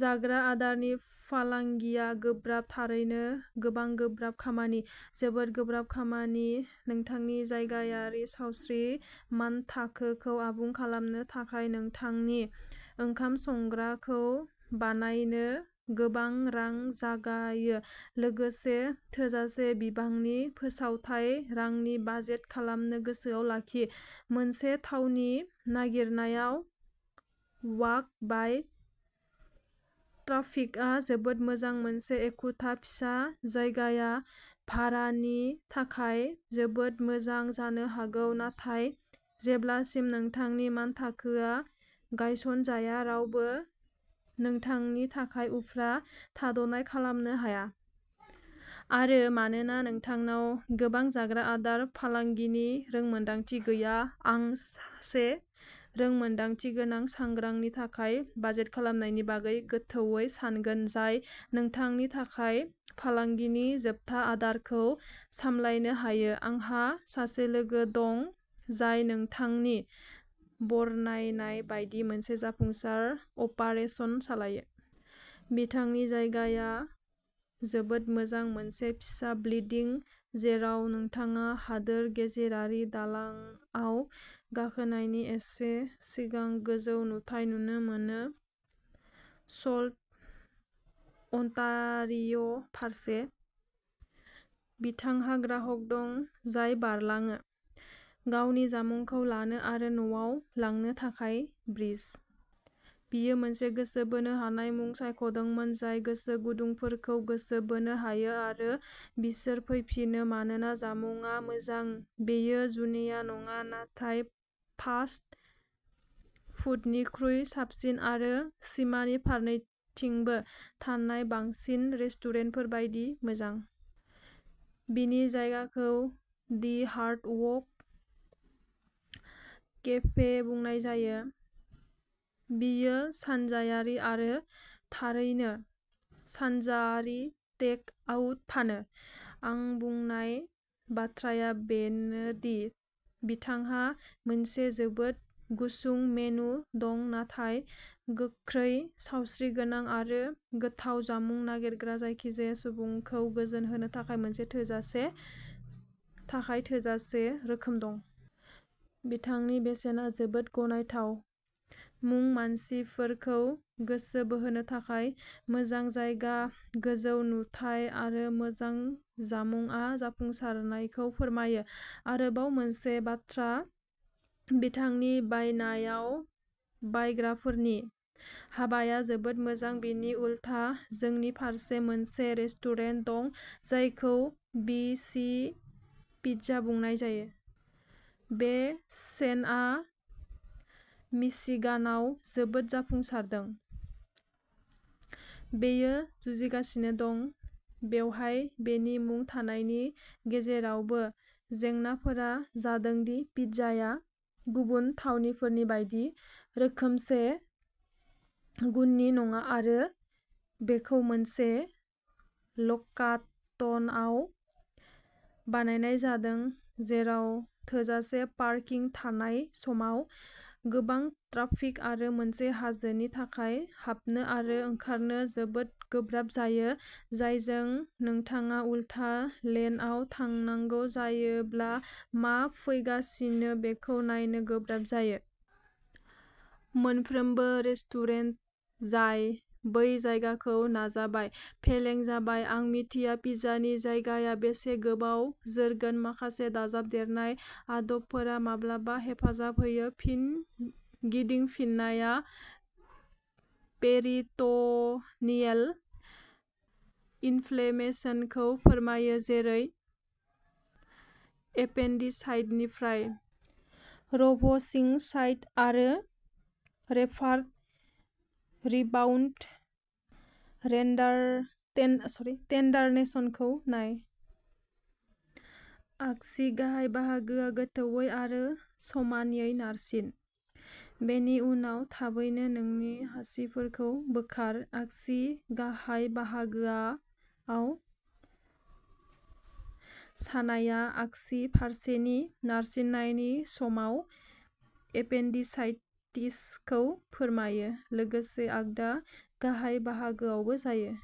जाग्रा आदारनि फालांगिया गोब्राब। थारैनो गोबां गोब्राब खामानि, जोबोद गोब्राब खामानि नोंथांनि जायगायारि सावस्रि मानथाखोखौ आबुं खालामनो थाखाय नोंथांनि ओंखाम संग्राखौ'बानायनो'गोबां रां जागायो लोगोसे थोजासे बिबांनि फोसावथाय रांनि बाजेट खालामनो गोसोआव लाखि। मोनसे थावनि नागिरनायाव वाक-बाय' ट्राफिकआ जोबोद मोजां मोनसे एखुथा फिसा जायगाया भारानि थाखाय जोबोद मोजां जानो हागौ, नाथाय जेब्लासिम नोंथांनि मानथाखोआ गायसनजाया रावबो नोंथांनि थाखाय उफ्रा थाद'नाय खालामनो हाया। आरो मानोना नोंथांनाव गोबां जाग्रा आदार फालांगिनि रोंमोनदांथि गैया आं सासे रोंमोनदांथिगोनां संग्रानि थाखाय बाजेट खालामनायनि बागै गोथौवै सानगोन जाय नोंथांनि थाखाय फालांगिनि जोबथा आदारखौ सामलायनो हायो। आंहा सासे लोगो दं जाय नोंथांनि बरनायनाय बायदि मोनसे जाफुंसार अपारेसन सालायो। बिथांनि जायगाया जोबोद मोजां, मोनसे फिसा बिल्डिं जेराव नोंथाङा हादोर गेजेरारि दालांआव गाखोनायनि एसे सिगां गोजौ नुथाय नुनो मोनो, सल्ट अन्टारिय' फारसे। बिथांहा ग्राहक दं जाय बारलाङो। गावनि जामुंखौ लानो आरो न'आव लांनो थाखाय ब्रिज। बियो मोनसे गोसो बोनो हानाय मुं सायख'दोंमोन जाय गोसोगुदुंफोरखौ गोसो बोनो हायो, आरो बिसोर फैफिनो मानोना जामुंआ मोजां। बेयो जुनिया नङा, नाथाय फास्ट फुडनिख्रुइ साबसिन आरो सिमानि फारनैथिंबो थानाय बांसिन रेस्टुरेन्टफोर बायदि मोजां। बिनि जायगाखौ दि हार्ड वक केफे बुंनाय जायो। बियो सानजायारि आरो थारैनो सानजाआरि टेक आउट फानो। आं बुंनाय बाथ्राया बेनो दि बिथांहा मोनसे जोबोद गुसुं मेनु दं नाथाय गोख्रै, सावस्रिगोनां आरो गोथाव जामुं नागिरग्रा जायखिजाया सुबुंखौ गोजोनहोनो थाखाय थोजासे थाखाय थोजासे रोखोम दं। बिथांनि बेसेना जोबोद गनायथाव। मुं मानसिफोरखौ गोसो बोहोनो थाखाय, मोजां जायगा, गोजौ नुथाइ, आरो मोजां जामुंआ जाफुंसारनायखौ फोरमायो। आरोबाव मोनसे बाथ्रा, बिथांनि बायनायाव बायग्राफोरनि हाबाया जोबोद मोजां। बिनि उलथा, जोंनि फारसे मोनसे रेस्टुरेन्ट दं जायखौ बि सि पिज्जा बुंनाय जायो। बे चेनआ मिशिगानआव जोबोद जाफुंसारदों। बेयो जुजिगासिनो दं। बेवहाय बेनि मुं थानायनि गेजेरावबो। जेंनाफोरा जादों दि पिज्जाया गुबुन थावनिफोरनि बायदि रोखोमसे गुननि नङा आरो बेखौ मोनसे लकाटनआव बानायनाय जादों जेराव थोजासे पार्किं थानाय समाव गोबां ट्राफिक आरो मोनसे हाजोनि थाखाय हाबनो आरो ओंखारनो जोबोद गोब्राब जायो, जायजों नोंथाङा उलथा लेनआव थांनांगौ जायोब्ला मा फैगासिनो बेखौ नायनो गोब्राब जायो। मोनफ्रोमबो रेस्टुरेन्ट जाय बै जायगाखौ नाजाबाय, फेलें जाबाय। आं मिथिया पिज्जानि जायगाया बेसे गोबाव जोरगोन। माखासे दाजाबदेरनाय आदबफोरा माब्लाबा हेफाजाब होयो। फिन गिदिंफिननाया पेरिट'नियेल इनफ्लेमेशनखौ फोरमायो, जेरै एपेन्डिसाइटिसनिफ्राय। र'भसिं साइन आरो रेफार्ड रिबाउन्ड रेडार टेन टेन्डारनेसखौ नाय। आगसि गाहाय बाहागोआव गोथौवै आरो समानयै नारसिन। बेनि उनाव थाबैनो नोंनि आसिफोरखौ बोखार। आगसि गाहाय बाहागोआव सानायआ आगसि फारसेनि नारसिननायनि समाव एपेन्डिसाइटिसखौ फोरमायो। लोगोसे आगदा गाहाय बाहागोआवबो जायो।